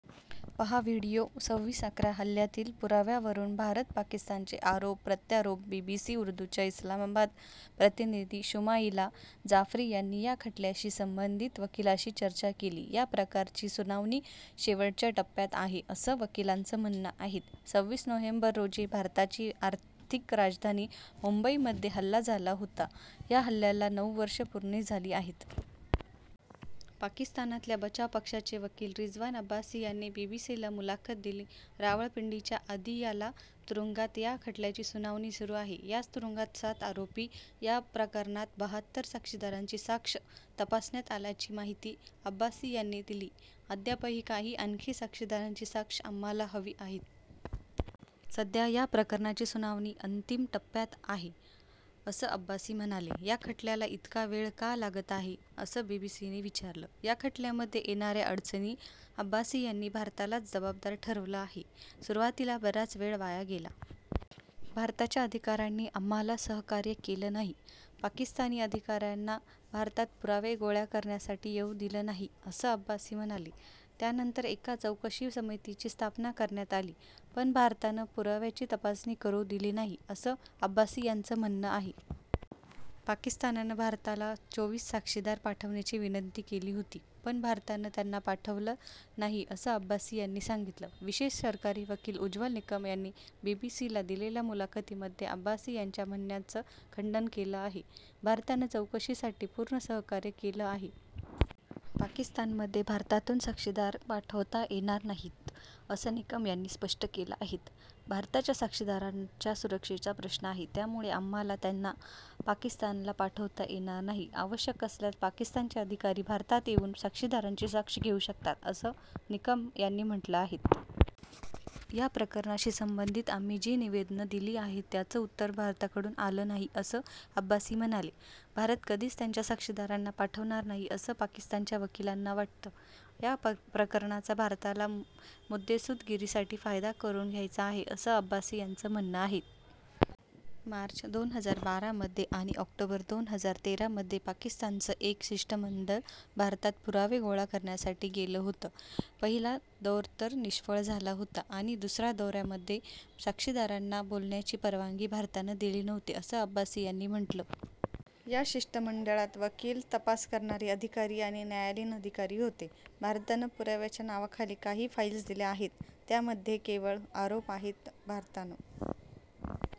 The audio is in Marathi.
पाहा व्हीडिओ संविस /अकरा हल्ल्यातील पुराव्यांवरून भारत-पाकिस्तानचे आरोप प्रत्यारोप बीबीसी उर्दूच्या इस्लामाबाद प्रतिनिधी शुमाइला जाफरी यांनी या खटल्याशी संबंधित वकिलांशी चर्चा केली या प्रकरणाची सुनावणी शेवटच्या टप्प्यात आहे, असं वकिलांचं म्हणणं आहे. संविस नोव्हेंबर रोजी भारताची आर्थिक राजधानी मुंबईमध्ये हल्ला झाला होता या हल्ल्याला नऊ वर्ष पूर्ण झाली आहेत. पाकिस्तानातल्या बचाव पक्षाचे वकील रिजवान अब्बासी यांनी बीबीसीला मुलाखत दिली. रावळपिंडीच्या अदियाला तुरुंगात या खटल्याची सुनावणी सुरू आहे. याच तुरुंगात सात आरोपी आहेत. या प्रकरणात बहात्तर साक्षीदारांची साक्ष तपासण्यात आल्याची माहिती अब्बासी यांनी दिली अद्यापही काही आणखी साक्षीदारांची साक्ष आम्हाला हवी आहे. सध्या या प्रकरणाची सुनावणी अंतिम टप्प्यात आहे असं अब्बासी म्हणाले. या खटल्याला इतका वेळ का लागत आहे? असं बीबीसीनं विचारलं. या खटल्यामध्ये येणाऱ्या अडचणींना अब्बासी यांनी भारतालाच जबाबदार ठरवलं आहे. सुरुवातीला बराच वेळ वाया गेला. भारताच्या अधिकाऱ्यांनी आम्हाला सहकार्य केलं नाही. पाकिस्तानी अधिकाऱ्यांना भारतात पुरावे गोळा करण्यासाठी येऊ दिलं नाही असं अब्बासी म्हणाले. यानंतर एका चौकशी समितीची स्थापना करण्यात आली. पण भारतानं पुराव्यांची तपासणी करू दिली नाही असं अब्बासी यांचं म्हणणं आहे. पाकिस्ताननं भारताला चोवीस साक्षीदार पाठवण्याची विनंती केली होती पण भारतानं त्यांना पाठवलं नाही असं अब्बासी यांनी सांगितलं. विशेष सरकारी वकील उज्ज्वल निकम यांनी बीबीसीला दिलेल्या मुलाखतीमध्ये अब्बासी यांच्या म्हणण्याचं खंडन केलं आहे. भारतानं चौकशीसाठी पूर्ण सहकार्य केलं आहे. पाकिस्तानमध्ये भारतातून साक्षीदार पाठवता येणार नाहीत असं निकम यांनी स्पष्ट केलं आहे. भारताच्या साक्षीदारांच्या सुरक्षेचा प्रश्न आहे. त्यामुळं आम्हाला त्यांना पाकिस्तानला पाठवता येणार नाही. आवश्यक असल्यास पाकिस्तानचे अधिकारी भारतात येऊन साक्षीदारांची साक्ष घेऊ शकतात असं निकम यांनी म्हटलं. या प्रकरणाशी संबंधित आम्ही जी निवेदनं दिली आहेत त्यांचं उत्तर भारताकडून आलं नाही असं अब्बासी म्हणाले. भारत कधीच त्यांच्या साक्षीदारांना पाठवणार नाही असं पाकिस्तानच्या वकिलांना वाटतं. या प्रकरणाचा भारताला मुत्सद्देगिरीसाठी फायदा करून घ्यायचा आहे असं अब्बासी यांचं म्हणणं आहे. मार्च दोन हजार बारा मध्ये आणि ऑक्टोबर दोन हजार तेरा मध्ये पाकिस्तानचं एक शिष्टमंडळ भारतात पुरावे गोळा करण्यासाठी गेलं होतं पहिला दौरा तर निष्फळ झाला होता आणि दुसऱ्या दौऱ्यामध्ये साक्षीदारांशी बोलण्याची परवानगी भारतानं दिली नव्हती असं अब्बासी यांनी म्हटलं. या शिष्टमंडळात वकील, तपास करणारे अधिकारी आणि न्यायालयीन अधिकारी होते. भारतानं पुराव्यांच्या नावाखाली काही फाइल्स दिल्या आहेत. त्यामध्ये केवळ आरोप आहेत. भारतानं